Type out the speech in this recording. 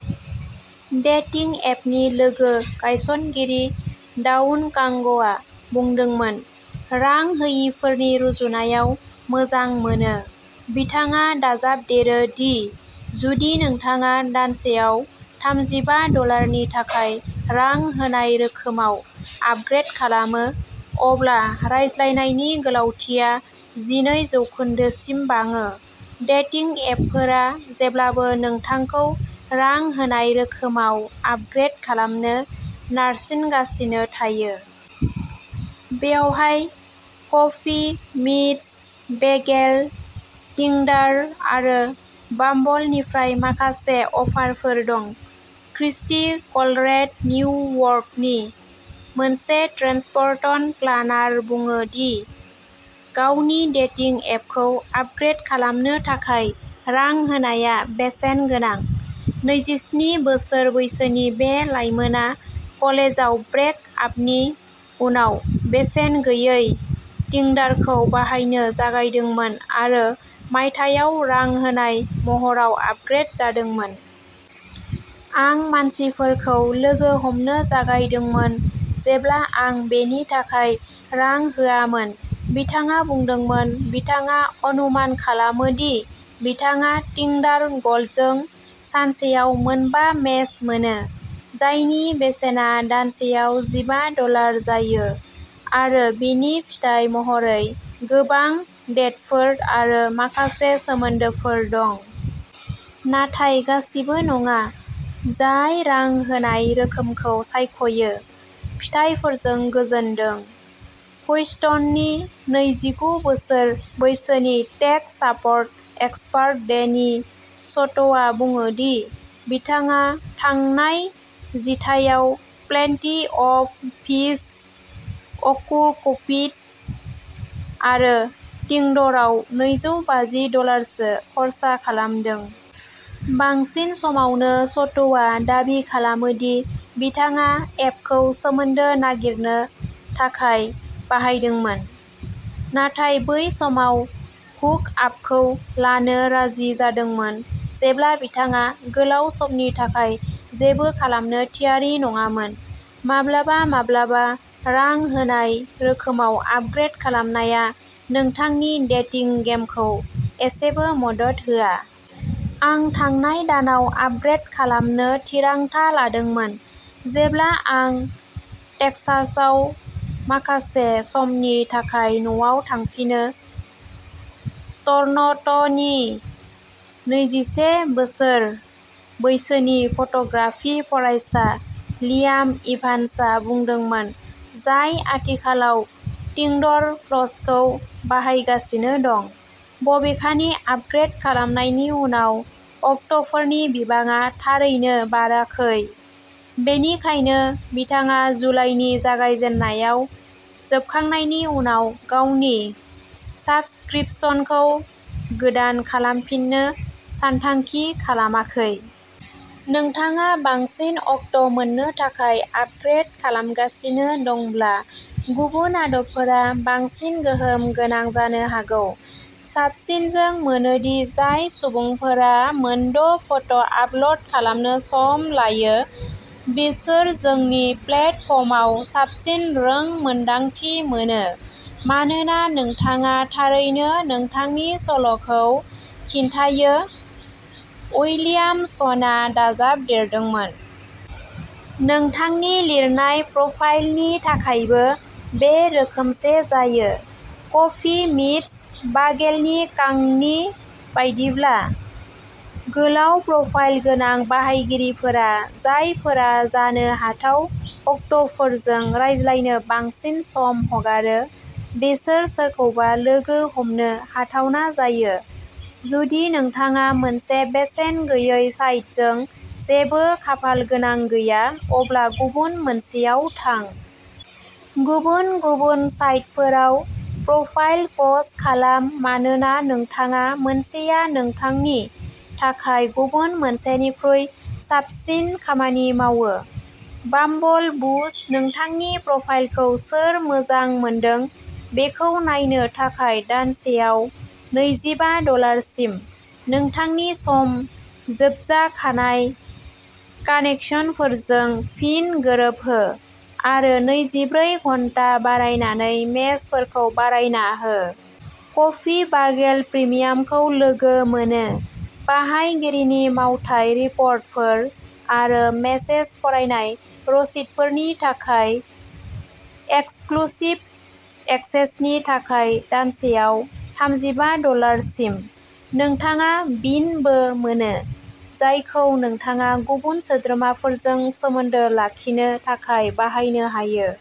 Dating एपनि लोगो गायसनगिरि दावुन कांगआ बुंदोंमोन, रां होयिफोरनि रुजुनायाव मोजां मोनो। बिथाङा दाजाबदेरो दि जुदि नोंथाङा दानसेआव थामजिबा डलारनि थाखाय रां होनाय रोखोमाव आपग्रेद खालामो, अब्ला रायज्लायनायनि गोलावथिया जिनै जौखोन्दोसिम बाङो। डेटिं एपफोरा जेब्लाबो नोंथांखौ रां होनाय रोखोमाव आपग्रेद खालामनो नारसिनगासिनो थायो। बेवहाय कफि मिट्स बेगेल, टिंडार आरो बाम्बलनिफ्राय माखासे अफारफोर दं। क्रिस्टि कलरेड निउयर्कनि मोनसे ट्रेन्सपर्ट'न प्लानार, बुङो दि गावनि डेटिं एपखौ आपग्रेद खालामनो थाखाय रां होनाया बेसेन गोनां। नैजिस्नि बोसोर बैसोनि बे लाइमोनआ कलेजआव ब्रेक आपनि उनाव बेसेन गैयै टिंडारखौ बाहायनो जागायदोंमोन आरो मायथाइयाव रां होनाय महराव आपग्रेद जादोंमोन। आं मानसिफोरखौ लोगो हमनो जागायदोंमोन जेब्ला आं बेनि थाखाय रां होआमोन बिथाङा बुंदोंमोन। बिथाङा अनुमान खालामो दि बिथाङा टिंडार गल्डजों सानसेयाव मोनबा मेच मोनो, जायनि बेसेना दानसेआव जिबा डलार जायो, आरो बिनि फिथाय महरै गोबां डेटफोर आरो माखासे सोमोन्दोफोर दं। नाथाय गासिबो नङा जाय रां होनाय रोखोमखौ सायख'यो। फिथाइफोरजों गोजोनदों। ह्यूस्टननि नैजिगु बोसोर बैसोनि टेक सापर्ट एक्सपार्ट डेनि स'ट'आ बुङो दि बिथाङा थांनाय जिथाइयाव प्लेन्टी अफ फिश, अ'ककुपिड आरो टिंडरआव नैजौ बाजि डलारसो खर्सा खालामदों। बांसिन समावनो स'ट'आ दाबि खालामो दि बिथाङा एपखौ सोमोन्दो नागिरनो थाखाय बाहायदोंमोन, नाथाय बै समाव हुकआपखौ लानो राजि जादोंमोन जेब्ला बिथाङा गोलाव समनि थाखाय जेबो खालामनो थियारि नङामोन। माब्लाबा-माब्लाबा रां होनाय रोखोमाव आपग्रेद खालामनाया नोंथांनि डेटिं गेमखौ एसेबो मदद होआ। आं थांनाय दानाव आपग्रेद खालामनो थिरांथा लादोंमोन, जेब्ला आं टेक्सासआव माखासे समनि थाखाय न'आव थांफिनो ट'रन्ट'नि नैजिसे बोसोर बैसोनि फट'ग्राफि फरायसा लियाम इभान्सआ बुंदोंमोन, जाय आथिखालाव टिंडर प्लसखौ बाहायगासिनो दं। बबेखानि आपग्रेद खालामनायनि उनाव अक्ट'फोरनि बिबाङा थारैनो बाराखै बेनिखायनो बिथाङा जुलाइनि जागायजेन्नायाव जोबखांनायनि उनाव गावनि साब्सक्रिपशनखौ गोदान खालामफिननो सानथांखि खालामाखै। नोंथाङा बांसिन अक्ट' मोन्नो थाखाय आपग्रेद खालामगासिनो दंब्ला, गुबुन आदबफोरा बांसिन गोहोम गोनां जानो हागौ। साबसिन जों मोनो दि जाय सुबुंफोरा मोनद' फट' आपल'ड खालामनो सम लायो, बिसोर जोंनि प्लेटफर्मआव साबसिन रोंमोन्दांथि मोनो मानोना नोंथाङा थारैनो नोंथांनि सल'खौ खिन्थायो उइलियामसनआ दाजाबदेरदोंमोन। नोंथांनि लिरनाय प्रफाइलनि थाखायबो बे रोखोमसे जायो। कफि मिट्स बागेलनि कांगनि बायदिब्ला, गोलाव प्रफाइल गोनां बाहायगिरिफोरा जायफोरा जानो हाथाव अक्ट'फोरजों रायज्लायनो बांसिन सम हगारो, बिसोर सोरखौबा लोगो हमनो हाथावना जायो। जुदि नोंथाङा मोनसे बेसेन गैयै साइटजों जेबो खाफालगोनां गैया, अब्ला गुबुन मोनसेआव थां। गुबुन-गुबुन साइटफोराव प्रफाइल पस्ट खालाम मानोना नोंथाङा मोनसेया नोंथांनि थाखाय गुबुन मोनसेनिख्रुइ साबसिन खामानि मावो। बाम्बल बुस्ट नोंथांनि प्रफाइलखौ सोर मोजां मोनदों बेखौ नायनो थाखाय दानसेआव नैजिबा डलार सिम, नोंथांनि सम जोबजाखानाय कानेकसनफोरजों फिन गोरोबहो, आरो नैजिब्रै घन्टा बारायनानै मेचफोरखौ बारायना हो। कफि बागेल प्रिमियामखौ लोगो मोनो बाहायगिरिनि मावथाय रिपर्टफोर आरो मेसेज फरायनाय रसिदफोरनि थाखाय एक्सक्लुसिभ एक्सेसनि थाखाय दानसेआव थामजिबा डलार सिम। नोंथाङा बिन बो मोनो जायखौ नोंथाङा गुबुन सोद्रोमाफोरजों सोमोन्दो लाखिनो थाखाय बाहायनो हायो।